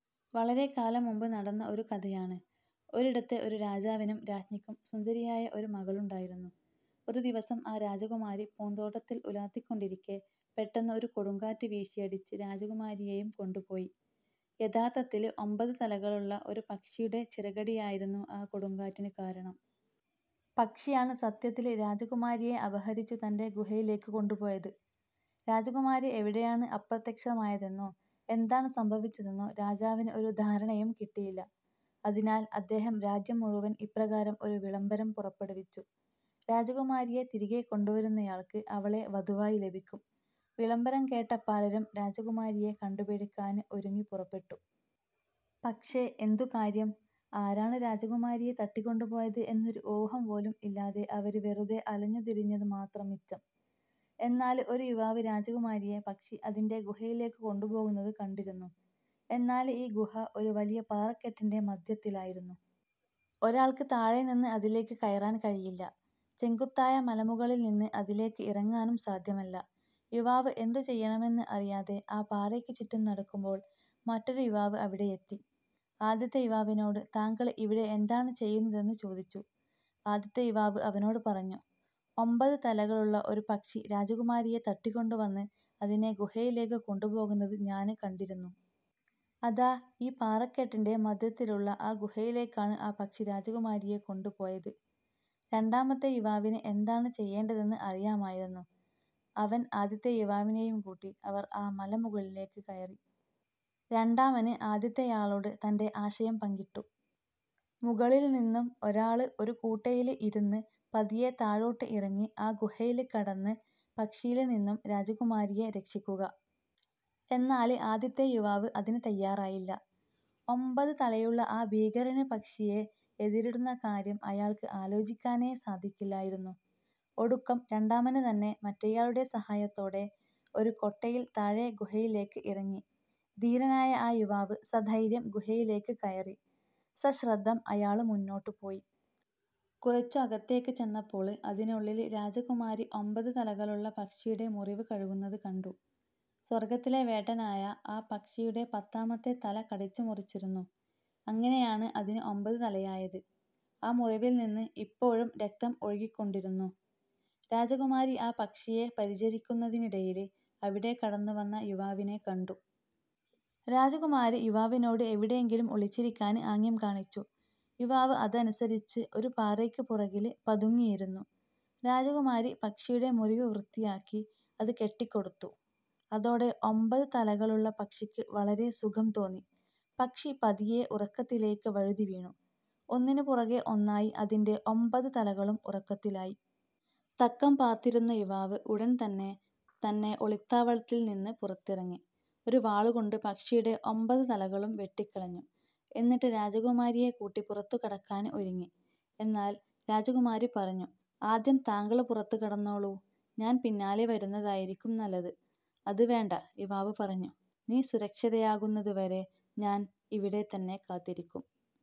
വളരെക്കാലം മുമ്പ് നടന്ന ഒരു കഥയാണ്. ഒരിടത്ത് ഒരു രാജാവിനും രാജ്ഞിക്കും സുന്ദരിയായ ഒരു മകളുണ്ടായിരുന്നു. ഒരു ദിവസം, ആ രാജകുമാരി പൂന്തോട്ടത്തിൽ ഉലാത്തിക്കൊണ്ടിരിക്കെ, പെട്ടെന്ന് ഒരു കൊടുങ്കാറ്റ് വീശിയടിച്ച് രാജകുമാരിയെയും കൊണ്ടുപോയി. യദാര്ത്ഥത്തില് ഒമ്പത് തലകളുള്ള ഒരു പക്ഷിയുടെ ചിറകടിയായിരുന്നു ആ കൊടുങ്കാറ്റിന് കാരണം! പക്ഷിയാണ് സത്യത്തിൽ രാജകുമാരിയെ അപഹരിച്ചു തന്റെ ഗുഹയിലേക്ക് കൊണ്ടുപോയത്. രാജകുമാരി എവിടെയാണ് അപ്രത്യക്ഷമായതെന്നോ എന്താണ് സംഭവിച്ചതെന്നോ രാജാവിന് ഒരു ധാരണയും കിട്ടിയില്ല, അതിനാൽ അദ്ദേഹം രാജ്യം മുഴുവൻ ഇപ്രകാരം ഒരു വിളംബരം പുറപ്പെടുവിച്ചു: "രാജകുമാരിയെ തിരികെ കൊണ്ടുവരുന്നയാൾക്ക് അവളെ വധുവായി ലഭിക്കും! " വിളംബരം കേട്ട പലരും രാജകുമാരിയെ കണ്ടുപിടിക്കാന് ഒരുങ്ങി പുറപ്പെട്ടു. പക്ഷേ എന്തു കാര്യം? ആരാണ് രാജകുമാരിയെ തട്ടിക്കൊണ്ട് പോയത് എന്ന് ഒരു ഊഹം പോലുമില്ലാതെ അവര് വെറുതെ അലഞ്ഞു തിരിഞ്ഞത് മാത്രം മിച്ചം! എന്നാല് ഒരു യുവാവ് രാജകുമാരിയെ പക്ഷി അതിന്റെ ഗുഹയിലേക്ക് കൊണ്ടുപോകുന്നത് കണ്ടിരുന്നു. എന്നാൽ ഈ ഗുഹ ഒരു വലിയ പാറക്കെട്ടിന്റെ മധ്യത്തിലായിരുന്നു. ഒരാൾക്ക് താഴെ നിന്ന് അതിലേക്ക് കയറാൻ കഴിയില്ല, ചെങ്കുത്തായ മലമുകളിൽ നിന്ന് അതിലേക്ക് ഇറങ്ങാനും സാധ്യമല്ല. യുവാവ് എന്തു ചെയ്യണമെന്ന് അറിയാതെ ആ പാറയ്ക്ക് ചുറ്റും നടക്കുമ്പോൾ, മറ്റൊരു യുവാവ് അവിടെയെത്തി. ആദ്യത്തെ യുവാവിനോട് താങ്കള് ഇവിടെ എന്താണ് ചെയ്യുന്നതെന്ന് ചോദിച്ചു. ആദ്യത്തെ യുവാവ് അവനോട് പറഞ്ഞു, "ഒമ്പത് തലകളുള്ള ഒരു പക്ഷി രാജകുമാരിയെ തട്ടിക്കൊണ്ടു വന്ന് അതിന്റെ ഗുഹയിലേക്ക് കൊണ്ട് പോകുന്നത് ഞാനും കണ്ടിരുന്നു. അതാ ഈ പാറക്കെട്ടിന്റെ മധ്യത്തിലുള്ള ആ ഗുഹായിലേയ്ക്കാണ് ആ പക്ഷി രാജകുമാരിയെ കൊണ്ട് പോയത്" രാണ്ടാമത്തെ യുവാവിന് എന്താണ് ചെയ്യേണ്ടതെന്ന് അറിയാമായിരുന്നു. അവൻ ആദ്യത്തെ യുവാവിനെയും കൂട്ടി അവർ ആ മലമുകളിലേയ്ക്ക് കയറി. രണ്ടാമന് ആദ്യത്തെയാളോട് തന്റെ ആശയം പങ്കിട്ടു. മുകളില് നിന്നും ഒരാള് ഒരു കൂട്ടയില് ഇരുന്ന് പതിയെ താഴോട്ട് ഇറങ്ങി ആ ഗുഹയില് കടന്ന് പക്ഷിയില് നിന്നും രാജകുമാരിയെ രക്ഷിക്കുക. എന്നാല് ആദ്യത്തെ യുവാവ് അതിന് തയ്യാറായില്ല. ഒമ്പത് തലയുള്ള ആ ഭീകരന് പക്ഷിയെ എതിരിടുന്ന കാര്യം അയാള്ക്ക് ആലോചിക്കാനേ സാധിക്കില്ലായിരുന്നു. ഒടുക്കം രണ്ടാമന് തന്നെ മറ്റെയാളുടെ സഹായത്തോടെ ഒരു കൊട്ടയിൽ താഴെ ഗുഹയിലേക്ക് ഇറങ്ങി. ധീരനായ ആ യുവാവ് സധൈര്യം ഗുഹയിലേക്ക് കയറി. സശ്രദ്ധം അയാള് മുന്നോട്ട് പോയി. കുറച്ചു അകത്തേയ്ക്ക് ചെന്നപ്പോള്, അതിനുള്ളില് രാജകുമാരി ഒമ്പത് തലകളുള്ള പക്ഷിയുടെ മുറിവ് കഴുകുന്നത് കണ്ടു. സ്വർഗ്ഗത്തിലെ വേട്ടനായ ആ പക്ഷിയുടെ പത്താമത്തെ തല കടിച്ചു മുറിച്ചിരുന്നു. അങ്ങിനെയാണ് അതിന് ഒമ്പത് തലയായത്. ആ മുറിവിൽ നിന്ന് ഇപ്പോഴും രക്തം ഒഴുകിക്കൊണ്ടിരുന്നു. രാജകുമാരി ആ പക്ഷിയെ പരിചരിക്കുന്നതിനിടയില്, അവിടെ കടന്നു വന്ന യുവാവിനെ കണ്ടു. രാജകുമാരി യുവാവിനോട് എവിടെയെങ്കിലും ഒളിച്ചിരിക്കാന് ആംഗ്യം കാണിച്ചു. യുവാവ് അതനുസരിച്ച് ഒരു പാറയ്ക്ക് പുറകില് പതുങ്ങിയിരുന്നു. രാജകുമാരി പക്ഷിയുടെ മുറിവ് വൃത്തിയാക്കി അത് കെട്ടിക്കൊടുത്തു. അതോടെ ഒമ്പത് തലകളുള്ള പക്ഷിക്ക് വളരെ സുഖം തോന്നി. പക്ഷി പതിയെ ഉറക്കത്തിലേയ്ക്ക് വഴുതി വീണു. ഒന്നിന് പുറകെ ഒന്നായി അതിന്റെ ഒമ്പത് തലകളും ഉറക്കത്തിലായി. തക്കം പാര്ത്തിരുന്ന യുവാവ് ഉടന് തന്നെ തന്നെ ഒളിത്താവളത്തിൽ നിന്ന് പുറത്തിറങ്ങി, ഒരു വാളുകൊണ്ട് പക്ഷിയുടെ ഒമ്പത് തലകളും വെട്ടിക്കളഞ്ഞു. എന്നിട്ട് രാജകുമാരിയെ കൂട്ടി പുറത്തു കടക്കാന് ഒരുങ്ങി. എന്നാൽ രാജകുമാരി പറഞ്ഞു: "ആദ്യം താങ്കള് പുറത്തു കടന്നോളൂ, ഞാൻ പിന്നാലെ വരുന്നതായിരിക്കും നല്ലത്. " "അത് വേണ്ട," യുവാവ് പറഞ്ഞു. "നീ സുരക്ഷിതയാകുന്നതുവരെ ഞാൻ ഇവിടെ തന്നെ കാത്തിരിക്കും. "